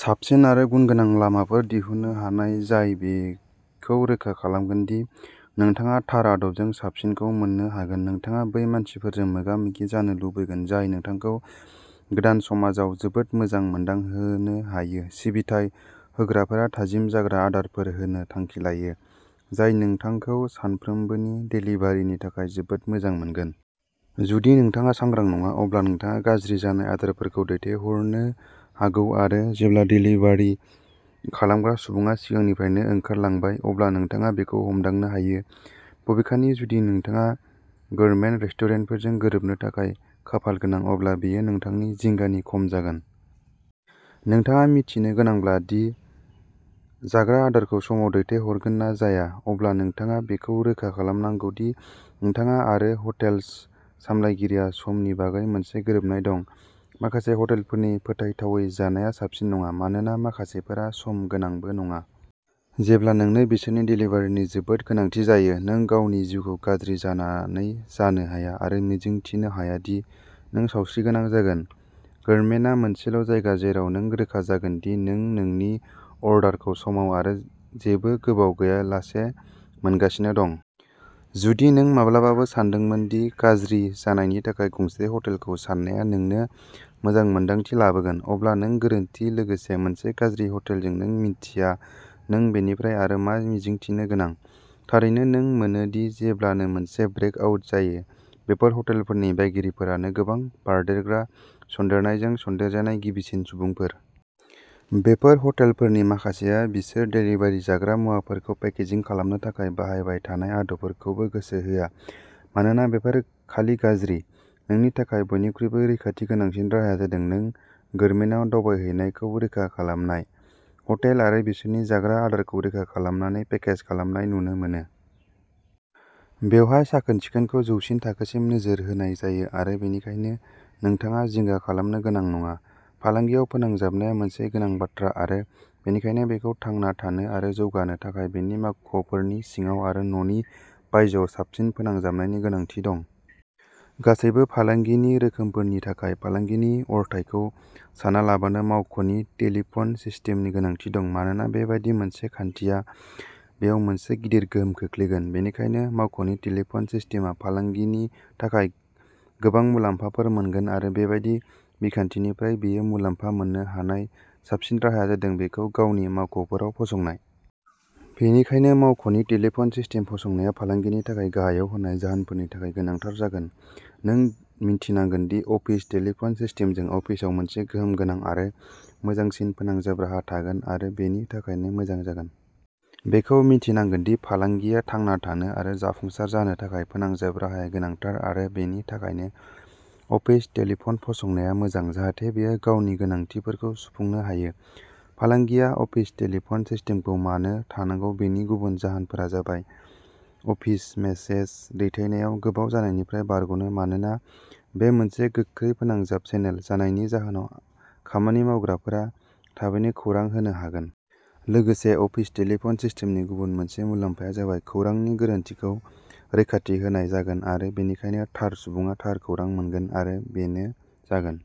साबसिन आरो गुनगोनां लामाफोर दिहुननो हानाय जाय बेखौ रोखा खालामगोन दि नोंथाङा थार आदबजों साबसिनखौ मोन्नो हागोन। नोंथाङा बै मानसिफोरजों मोगा-मोगि जानो लुबैगोन जाय नोंथांखौ गोदान समाजाव जोबोद मोजां मोनदांहोनो हायो। सिबिथाइ होग्राफोरा थाजिम जाग्रा आदारफोर होनो थांखि लायो, जाय नोंथांखौ सानफ्रोमबोनि देलिभारिनि थाखाय जोबोद मोजां मोनगोन। जुदि नोंथाङा सांग्रां नङा, अब्ला नोंथाङा गाज्रि जानाय आदारफोरखौ दैथायहरनो हागौ आरो जेब्ला देलिभारि खालामग्रा सुबुङा सिगांनिफ्रायनो ओंखारलांबाय, अब्ला नोंथाङा बेखौ हमदांनो हायो। बबेखानि, जुदि नोंथाङा गोरमेट रेस्टुरेन्टफोरजों गोरोबनो थाखाय खाफालगोनां, अब्ला बेयो नोंथांनि जिंगानि खम जागोन। नोंथाङा मिन्थिनो गोनांब्ला दि जाग्रा आदारखौ समाव दैथायहरगोन ना जाया, अब्ला नोंथाङा बेखौ रोखा खालामनांगौ दि नोंथाङा आरो हटेल सामलायगिरिया समनि बागै मोनसे गोरोबनाय दं। माखासे हटेलफोरनि फोथायथावै जानाया साबसिन नङा, मानोना माखासेफोरा सम गोनांबो नङा। जेब्ला नोंनो बिसोरनि देलिभारिनि जोबोद गोनांथि जायो। नों गावनि जिउखौ गाज्रि जानानै जानो हाया आरो मिजिंथिनो हाया दि नों सावस्रिगोनां जागोन। गोरमेटआ मोनसेल' जायगा जेराव नों रोखा जागोन दि नों नोंनि अर्डारखौ समाव आरो जेबो गोबाव गैयालासे मोनगासिनो दं। जुदि नों माब्लाबाबो सानदोंमोन दि गाज्रि जानायनि थाखाय गंसे हटेलखौ साननाया नोंनो मोजां मोन्दांथि लाबोगोन, अब्ला नों गोरोन्थि। लोगोसे, मोनसे गाज्रि हटेलजों नों मिन्थिया नों बेनिफ्राय आरो मा मिजिंथिनो गोनां। थारैनो, नों मोनो दि जेब्लानो मोनसे ब्रेक आउट जायो, बेफोर हटेलफोरनि बायगिरिफोरानो गोबां बारदेरग्रा सन्देरनायजों सन्देरजानाय गिबिसिन सुबुंफोर। बेफोर हटेलफोरनि माखासेआ बिसोर देलिभारि जाग्रा मुवाफोरखौ पेकेजिं खालामनो थाखाय बाहायबाय थानाय आदबफोरखौबो गोसो होआ मानोना बेफोर खालि गाज्रि। नोंनि थाखाय बयनिख्रुइबो रैखाथि गोनांसिन राहाया जादों नों गोरमेटआव दावबायहैनायखौ रोखा खालामनाय। हटेल आरो बिसोरनि जाग्रा आदारखौ रैखा खालामनानै पेकेज खालामनाय नुनो मोनो। बेवहाय साखोन सिखोनखौ जौसिन थाखोसिम नोजोर होनाय जायो आरो बेनिखायनो नोंथाङा जिंगा खालामनो गोनां नङा। फालांगियाव फोनांजाबनाया मोनसे गोनां बाथ्रा आरो बेनिखायनो बेखौ थांना थानो आरो जौगानो थाखाय बेनि मावख'फोरनि सिङाव आरो न'नि बायजोआव साबसिन फोनांजाबनायनि गोनांथि दं। गासैबो फालांगिनि रोखोमफोरनि थाखाय फालांगिनि अरथाइखौ सानालाबानो मावख'नि टेलिफन सिस्टेमनि गोनांथि दं मानोना बेबादि मोनसे खान्थिया बेयाव मोनसे गिदिर गोहोम खोख्लैगोन। बेनिखायनो मावख'नि टेलिफन सिस्टेमआ फालांगिनि थाखाय गोबां मुलाम्फाफोर मोनगोन आरो बेबादि बिखान्थिनिफ्राय बेयो मुलाम्फा मोननो हानाय साबसिन राहाया जादों बेखौ गावनि मावख'फोराव फसंनाय। बेनिखायनो मावख'नि टेलिफन सिस्टेम फसंनाया फालांगिनि थाखाय गाहायाव होनाय जाहोनफोरनि थाखाय गोनांथार जागोन। नों मिन्थिनांगोन दि अफिस टेलिफन सिस्टेमजों अफिसआव मोनसे गोहोम गोनां आरो मोजांसिन फोनांजाब राहा थागोन आरो बेनि थाखायनो मोजां जागोन। बेखौ मिन्थिनांगोन दि फालांगिया थांना थानो आरो जाफुंसार जानो थाखाय फोनांजाब राहाया गोनांथार आरो बेनि थाखायनो अफिस टेलिफन फसंनाया मोजां जाहाथे बेयो गावनि गोनांथिफोरखौ सुफुंनो हायो। फालांगिया अफिस टेलिफन सिस्टेमखौ मानो थानांगौ बेनि गुबुन जाहोनफोरा जाबाय अफिस मेसेज दैथायनायाव गोबाव जानायनिफ्राय बारग'नो मानोना बे मोनसे गोख्रै फोनांजाब चेनेल जानायनि जाहोनाव खामानि मावग्राफोरा थाबैनो खौरां होनो हागोन। लोगोसे अफिस टेलिफन सिस्टेमनि गुबुन मोनसे मुलाम्फाया जाबाय खौरांनि गोरोनथिखौ रैखाथि होनाय जागोन आरो बेनिखायनो थार सुबुङा थार खौरां मोनगोन आरो बेनो जागोन।